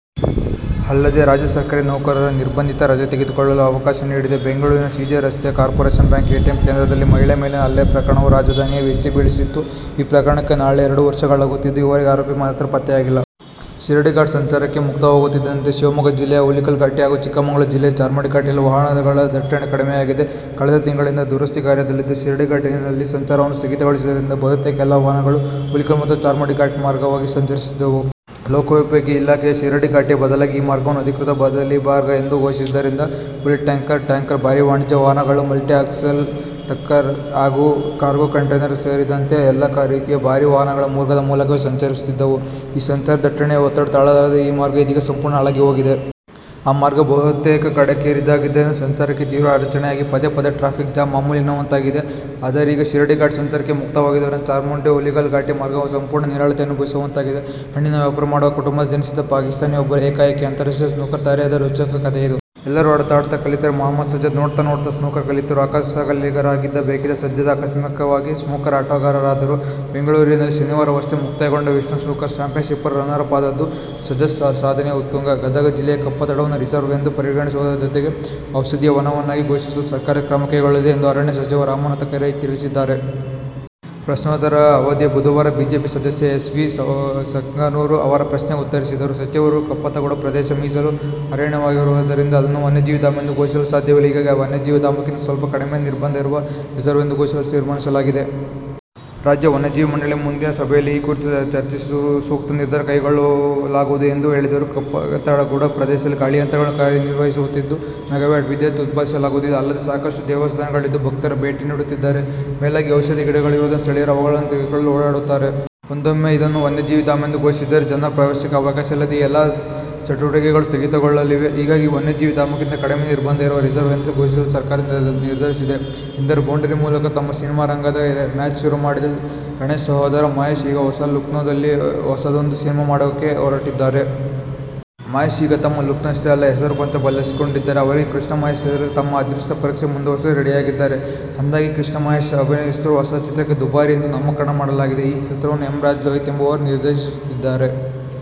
ಅಲ್ಲದೆ, ರಾಜ್ಯ ಸರ್ಕಾರಿ ನೌಕರರು ನಿರ್ಬಂಧಿತ ರಜೆ ತೆಗೆದುಕೊಳ್ಳಲು ಅವಕಾಶ ನೀಡಿದೆ. ಬೆಂಗಳೂರಿನ ಜೆ. ಸಿ. ರಸ್ತೆಯ ಕಾರ್ಪೊರೇಶನ್ ಬ್ಯಾಂಕ್ ಎಟಿಎಂ ಕೇಂದ್ರದಲ್ಲಿ ಮಹಿಳೆ ಮೇಲಿನ ಹಲ್ಲೆ ಪ್ರಕರಣವು ರಾಜಧಾನಿಯನ್ನು ಬೆಚ್ಚಿ ಬೀಳಿಸಿತ್ತು. ಈ ಪ್ರಕರಣಕ್ಕೆ ನಾಳೆ ಎರಡು ವರ್ಷಗಳಾಗುತ್ತಿದ್ದು ಇವರೆಗೂ ಆರೋಪಿ ಮಾತ್ರ ಪತ್ತೆಯಾಗಿಲ್ಲ. ಶಿರಾಡಿ ಘಾಟ್ ಸಂಚಾರಕ್ಕೆ ಮುಕ್ತವಾಗುತ್ತಿದ್ದಂತೆ ಶಿವಮೊಗ್ಗ ಜಿಲ್ಲೆಯ ಹುಲಿಕಲ್ ಘಾಟಿ ಹಾಗೂ ಚಿಕ್ಕಮಗಳೂರು ಜಿಲ್ಲೆ ಚಾರ್ಮಾಡಿ ಘಾಟಿಯಲ್ಲಿ ವಾಹನ ದಟ್ಟಣೆ ಕಡಿಮೆಯಾಗಿದೆ. ಕಳೆದ ತಿಂಗಳಿಂದ ದುರಸ್ತಿ ಕಾರ್ಯ ದಲ್ಲಿದ್ದ ಶಿರಾಡಿಘಾಟಿಯಲ್ಲಿ ಸಂಚಾರವನ್ನು ಸ್ಥಗಿತಗೊಳಿಸಿದ್ದರಿಂದ ಬಹುತೇಕ ಎಲ್ಲ ವಾಹನಗಳು ಹುಲಿಕಲ್ ಮತ್ತು ಚಾರ್ಮಾಡಿ ಘಾಟಿ ಮಾರ್ಗವಾಗಿ ಸಂಚರಿಸುತ್ತಿದ್ದವು. ಲೋಕೋಪಯೋಗಿ ಇಲಾಖೆಯೇ ಶಿರಾಡಿ ಘಾಟಿಯ ಬದಲಾಗಿ ಈ ಮಾರ್ಗವನ್ನು ಅಧಿಕೃತ ಬದಲಿ ಮಾರ್ಗ ಎಂದು ಘೋಷಿಸಿದ್ದರಿಂದ ಬುಲೆಟ್ ಟ್ಯಾಂಕರ್, ಟ್ಯಾಂಕರ್, ಭಾರಿ ವಾಣಿಜ್ಯ ವಾಹನಗಳು, multi axle trucker, cargo container ಸೇರಿದಂತೆ ಎಲ್ಲ ರೀತಿಯ ಭಾರೀ ವಾಹನಗಳು ಈ ಮಾರ್ಗದ ಮೂಲಕವೇ ಸಂಚರಿಸುತ್ತಿದ್ದವು. ಈ ಸಂಚಾರಿ ದಟ್ಟಣೆಯ ಒತ್ತಡ ತಾಳಲಾರದೆ ಈ ಮಾರ್ಗ ಇದೀಗ ಸಂಪೂರ್ಣ ಹಾಳಾಗಿ ಹೋಗಿದೆ. ಈ ಮಾರ್ಗ ಬಹುತೇಕ ಕಡೆ ಕಿರಿದಾಗಿದ್ದರಿಂದ ಸಂಚಾರಕ್ಕೆ ತೀವ್ರ ಅಡಚಣೆಯಾಗಿ ಪದೇ ಪದೆ ಟ್ರಾಫಿಕ್ ಜಾಮ್ ಮೂಮೂಲಿ ಎನ್ನುವಂತಾಗಿತ್ತು. ಆದರೀಗ ಶಿರಾಡಿ ಘಾಟಿ ಸಂಚಾರಕ್ಕೆ ಮುಕ್ತವಾಗಿರುವುದರಿಂದ ಚಾರ್ಮಾಡಿ, ಹುಲಿಕಲ್ ಘಾಟಿ ಮಾರ್ಗ ಸಂಪೂರ್ಣ ನಿರಾಳತೆ ಅನುಭವಿಸುವಂತಾಗಿದೆ. ಹಣ್ಣಿನ ವ್ಯಾಪಾರ ಮಾಡುವ ಕುಟುಂಬದಲ್ಲಿ ಜನಿಸಿದ ಪಾಕಿಸ್ತಾನಿಯೊಬ್ಬರು ಏಕಾಏಕಿ ಅಂತಾರಾಷ್ಟ್ರೀಯ ಸ್ನೂಕರ್ ತಾರೆಯಾದ ರೋಚಕ ಕಥೆಯಿದು. ಎಲ್ಲರೂ ಆಡುತ್ತಾ ಆಡುತ್ತಾ ಕಲಿತರೆ, ಮುಹಮ್ಮದ್ ಸಜ್ಜದ್ ನೋಡುತ್ತಾ ನೋಡುತ್ತಾ ಸ್ನೂಕರ್ ಕಲಿತರು. ಅಕ್ಕಸಾಲಿಗರಾಗಬೇಕಿದ್ದ ಸಜ್ಜದ್ ಆಕಸ್ಮಿಕವಾಗಿ ಸ್ನೂಕರ್ ಆಟಗಾರರಾದರು. ಬೆಂಗಳೂರಿನಲ್ಲಿ ಶನಿವಾರವಷ್ಟೇ ಮುಕ್ತಾಯಗೊಂಡ ವಿಶ್ವ ಸ್ನೂಕರ್ ಚಾಂಪಿಯನ್ಶಿಪ್ನಲ್ಲಿ ರನ್ನರ್ ಅಪ್ ಆದದ್ದು ಸಜ್ಜದ್ ಸಾಧನೆಯ ಉತ್ತುಂಗ! ಗದಗ ಜಿಲ್ಲೆಯ ಕಪ್ಪತಗುಡ್ಡವನ್ನು " ರಿಸರ್ವ್' ಎಂದು ಪರಿಗಣಿಸುವುದರ ಜತೆಗೆ ಔಷಧೀಯ ವನವನ್ನಾಗಿ ಘೋಷಿಸಲು ಸರ್ಕಾರ ಕ್ರಮ ಕೈಗೊಳ್ಳಲಿದೆ ಎಂದು ಅರಣ್ಯ ಸಚಿವ ರಮಾನಾಥ ರೈ ತಿಳಿಸಿದ್ದಾರೆ. ಪ್ರಶ್ನೋತ್ತರ ಅವಧಿಯಲ್ಲಿ ಬುಧವಾರ ಬಿಜೆಪಿ ಸದಸ್ಯ ಎಸ್. ವಿ. ಸಂಕನೂರ ಅವರ ಪ್ರಶ್ನೆಗೆ ಉತ್ತರಿಸಿದ ಸಚಿವರು, ಕಪ್ಪತಗುಡ್ಡ ಪ್ರದೇಶ ಮೀಸಲು ಅರಣ್ಯವಾಗಿರುವುದರಿಂದ ಅದನ್ನು ವನ್ಯಜೀವಿ ಧಾಮ ಎಂದು ಘೋಷಿಸಲು ಸಾಧ್ಯವಿಲ್ಲ. ಹೀಗಾಗಿ ವನ್ಯಜೀವಿ ಧಾಮಕ್ಕಿಂತ ಸ್ವಲ್ಪ ಕಡಿಮೆ ನಿರ್ಬಂಧ ಇರುವ " ರಿಸರ್ವ್' ಎಂದು ಘೋಷಿಸಲು ತೀರ್ಮಾನಿಸಲಾಗಿದೆ. ರಾಜ್ಯ ವನ್ಯಜೀವಿ ಮಂಡಳಿಯ ಮುಂದಿನ ಸಭೆಯಲ್ಲಿ ಈ ಕುರಿತು ಚರ್ಚಿಸಿ ಸೂಕ್ತ ನಿರ್ಧಾರ ಕೈಗೊಳ್ಳಲಾಗುವುದು ಎಂದು ಹೇಳಿದರು. ಕಪ್ಪತಗುಡ್ಡ ಪ್ರದೇಶದಲ್ಲಿ ಗಾಳಿಯಂತ್ರಗಳು ಕಾರ್ಯನಿರ್ವಹಿಸುತ್ತಿದ್ದು, ಮೆಗಾವ್ಯಾಟ್ ವಿದ್ಯುತ್ ಉತ್ಪಾದಿಸಲಾಗುತ್ತಿದೆ. ಅಲ್ಲದೆ, ಸಾಕಷ್ಟು ದೇವಸ್ಥಾನಗಳಿದ್ದು, ಭಕ್ತರು ಭೇಟಿ ನೀಡುತ್ತಿದ್ದಾರೆ. ಮೇಲಾಗಿ ಔಷಧೀಯ ಗಿಡಗಳಿರುವುದರಿಂದ ಸ್ಥಳೀಯರು ಅವುಗಳನ್ನು ತೆಗೆದುಕೊಳ್ಳಲು ಓಡಾಡುತ್ತಾರೆ. ಒಂದೊಮ್ಮೆ ಇದನ್ನು ವನ್ಯಜೀವಿ ಧಾಮ ಎಂದು ಘೋಷಿಸಿದರೆ ಜನರ ಪ್ರವೇಶಕ್ಕೆ ಅವಕಾಶ ಇಲ್ಲದೆ ಈ ಎಲ್ಲಾ ಚಟುವಟಿಕೆಗಳು ಸ್ಥಗಿತಗೊಳ್ಳಲಿವೆ. ಹೀಗಾಗಿ ವನ್ಯಜೀವಿ ಧಾಮಕ್ಕಿಂತ ಕಡಿಮೆ ನಿರ್ಬಂಧ ಇರುವ " ರಿಸರ್ವ್' ಎಂದು ಘೋಷಿಸಲು ಸರ್ಕಾರ ನಿರ್ಧರಿಸಿದೆ ಎಂದರು. "ಬೌಂಡರಿ' ಮೂಲಕ ತಮ್ಮ ಸಿನಿಮಾ ರಂಗದ ಮ್ಯಾಚ್ ಶುರುಮಾಡಿದ ಗಣೇಶ್ ಸಹೋದರ ಮಹೇಶ್, ಈಗ ಹೊಸ ಲುಕ್ನಲ್ಲಿ ಹೊಸದೊಂದು ಸಿನಿಮಾ ಮಾಡೋಕೆ ಹೊರಟಿದ್ದಾರೆ. ಮಹೇಶ್ ಈಗ ತಮ್ಮ ಲುಕ್ನಷ್ಟೇ ಅಲ್ಲ, ಹೆಸರನ್ನು ಕೊಂಚ ಬದಲಿಸಿಕೊಂಡಿದ್ದಾರೆ. ಅವರೀಗ ಕೃಷ್ಣ ಮಹೇಶ್ ಹೆಸರಲ್ಲಿ ತಮ್ಮ ಅದೃಷ್ಟ ಪರೀಕ್ಷೆ ಮುಂದುವರೆಸಲು ರೆಡಿಯಾಗಿದ್ದಾರೆ. ಅಂದಹಾಗೆ, ಕೃಷ್ಣ ಮಹೇಶ್ ಅಭಿನಯಿಸುತ್ತಿರುವ ಹೊಸ ಚಿತ್ರಕ್ಕೆ "ದುಬಾರಿ' ಎಂದು ನಾಮಕರಣ ಮಾಡಲಾಗಿದೆ. ಈ ಚಿತ್ರವನ್ನು ಎಂ. ರಾಜ್ ಲೋಹಿತ್ ಎಂಬುವವರು ನಿರ್ದೇಶಿಸುತ್ತಿದ್ದಾರೆ.